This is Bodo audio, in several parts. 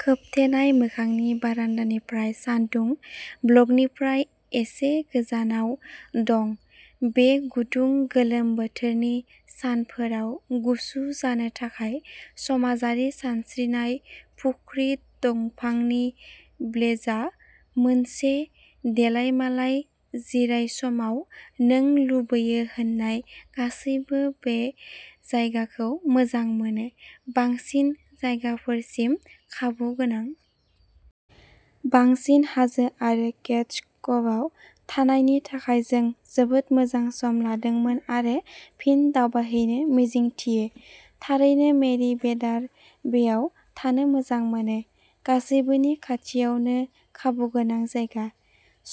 खोबथेनाय मोखांनि बारान्दानिफ्राय सानदुं ब्लकनिफ्राय एसे गोजानाव दं। बे गुदुं गोलोम बोथोरनि सानफोराव गुसु जानो थाखाय समाजारि सानस्रिनाय फुख्रि दंफांनि ब्लेजआ मोनसे देलायमालाय जिरायसमाव नों लुबैयो होननाय गासैबो बे जायगाखौ मोजां मोनो। बांसिन जायगाफोरसिम खाबुगोनां। बांसिन हाजो आरो केड्स कभआव थानायनि थाखाय जों जोबोद मोजां सम लादोंमोन आरो फिन दावबायहैनो मिजिंथियो। थारैनो मेरि वेदार वेआव थानो मोजां मोनो। गासैबोनि खाथियावनो खाबुगोनां जायगा।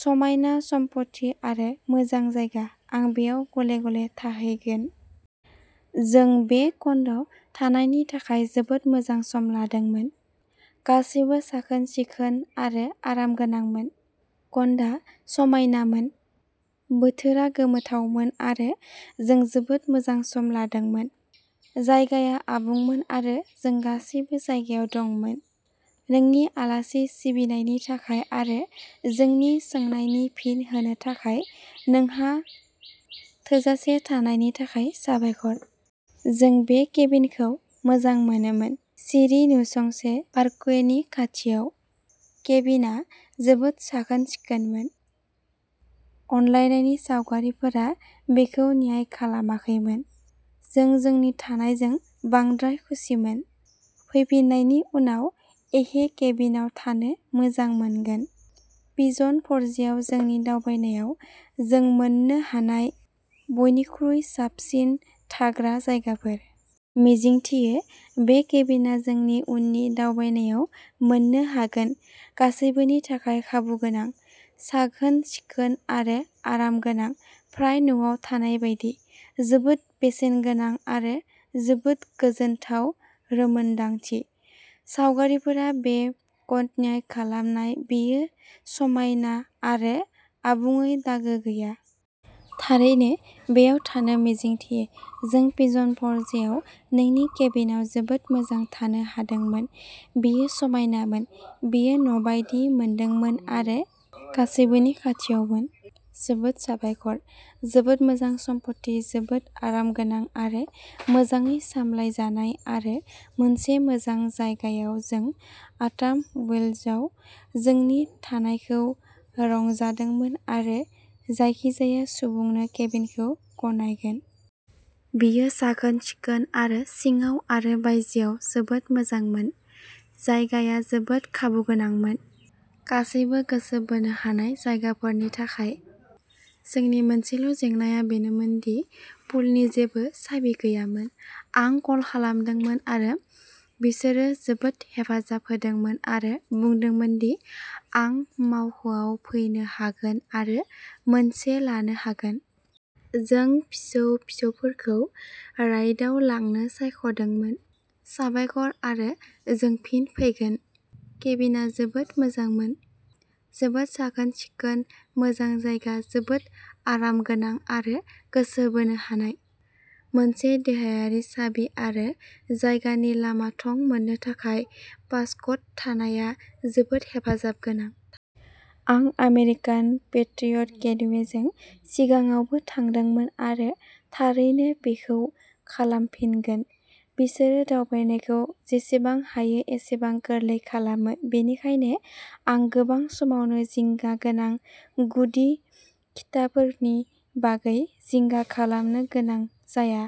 समायना सम्पथि आरो मोजां जायगा। आं बेयाव गले-गले थाहैगोन। जों बे कन्ड'आव थानायनि थाखाय जोबोद मोजां सम लादोंमोन। गासैबो साखोन-सिखोन आरो आरामगोनांमोन। कन्ड'आ समायनामोन। बोथोरा गोमोथावमोन आरो जों जोबोद मोजां सम लादोंमोन। जायगाया आबुंमोन आरो जों गासैबो जायगायाव दंमोन। नोंनि आलासि सिबिनायनि थाखाय आरो जोंनि सोंनायनि फिन होनो थाखाय नोंहा थोजासे थानायनि थाखाय साबायखर। जों बे केबिनखौ मोजां मोनोमोन। सिरि नसुंसे। पार्कवेनि खाथियाव। केबिनआ जोबोद साखोन-सिखोनमोन। अनलायनायनि सावगारिफोरा बेखौ न्याय खालामाखैमोन। जों जोंनि थानायजों बांद्राय खुसिमोन। फैफिन्नायनि उनाव एखे केबिनआव थानो मोजां मोनगोन। पिजन फ'रजेआव जोंनि दावबायनायाव जों मोननो हानाय बयनिख्रुइ साबसिन थाग्रा जायगाफोर। मिजिंथियो बे केबिनआ जोंनि उननि दावबायनायाव मोननो हागोन। गासैबोनि थाखाय खाबु गोनां। साखोन-सिखोन आरो आरामगोनां फ्राय न'आव थानाय बायदि। जोबोद बेसेनगोनां आरो जोबोद गोजोनथाव रोंमोनदांथि। सावगारिफोरा बे कन्ड'न्याय खालामा बेयो समायना आरो आबुङै दागो गैया। थारैनो बेयाव थानो मिजिंथियो। जों पिजन फ'रजेआव नोंनि केबिनआव जोबोद मोजां थानो हादोंमोन। बेयो समायनामोन। बेयो न'बायदि मोनदोंमोन आरो गासैबोनि खाथियावमोन। जोबोद साबायखर। जोबोद मोजां सम्पथि जोबोद आरामगोनां आरो मोजाङै सामलायजानाय आरो मोनसे मोजां जायगायाव जों आटाम वेल्सआव जोंनि थानायखौ रंजादोंमोन आरो जायखिजाया सुबुंनो केबिनखौ गनायगोन। बेयो साखोन-सिखोन आरो सिङाव आरो बायजोआव जोबोद मोजांमोन। जायगाया जोबोद खाबुगोनांमोन। गासैबो गोसो बोनो हानाय जायगाफोरनि थाखाय। जोंनि मोनसेल' जेंनाया बेनोमोन दि पुलनि जेबो साबि गैयामोन। आं कल खालामदोंमोन आरो बिसोरो जोबोद हेफाजाब होदोंमोन आरो बुंदोंमोन दि आं मावख'आव फैनो हागोन आरो मोनसे लानो हागोन। जों फिसौ-फिसौफोरखौ राइडआव लांनो सायख'दोंमोन। साबायखर आरो जों फिन फैगोन। केबिनआ जोबोद मोजांमोन। जोबोद साखोन-सिखोन मोजां जायगा जोबोद आरामगोनां आरो गोसो बोनो हानाय। मोनसे देहायारि साबि आरो जायगानि लामा थं मोननो थाखाय पासक'ड थानाया जोबोद हेफाजाब गोनां। आं आमेरिकान पेट्रियट गेटवेजों सिगाङावबो थादोंमोन आरो थारैनो बेखौ खालामफिनगोन। बिसोरो दावबायनायखौ जेसेबां हायो एसेबां गोरलै खालामो। बेनिखायनो आं गोबां समावनो जिंगा गोनां गुदि खिथाफोरनि बागै जिंगा खालामनो गोनां जाया।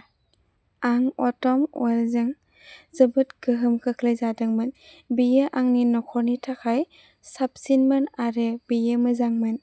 आं अटम वेलजों जोबोद गोहोम खोख्लैजादोंमोन। बेयो आंनि नखरनि थाखाय साबसिनमोन आरो बेयो मोजांमोन।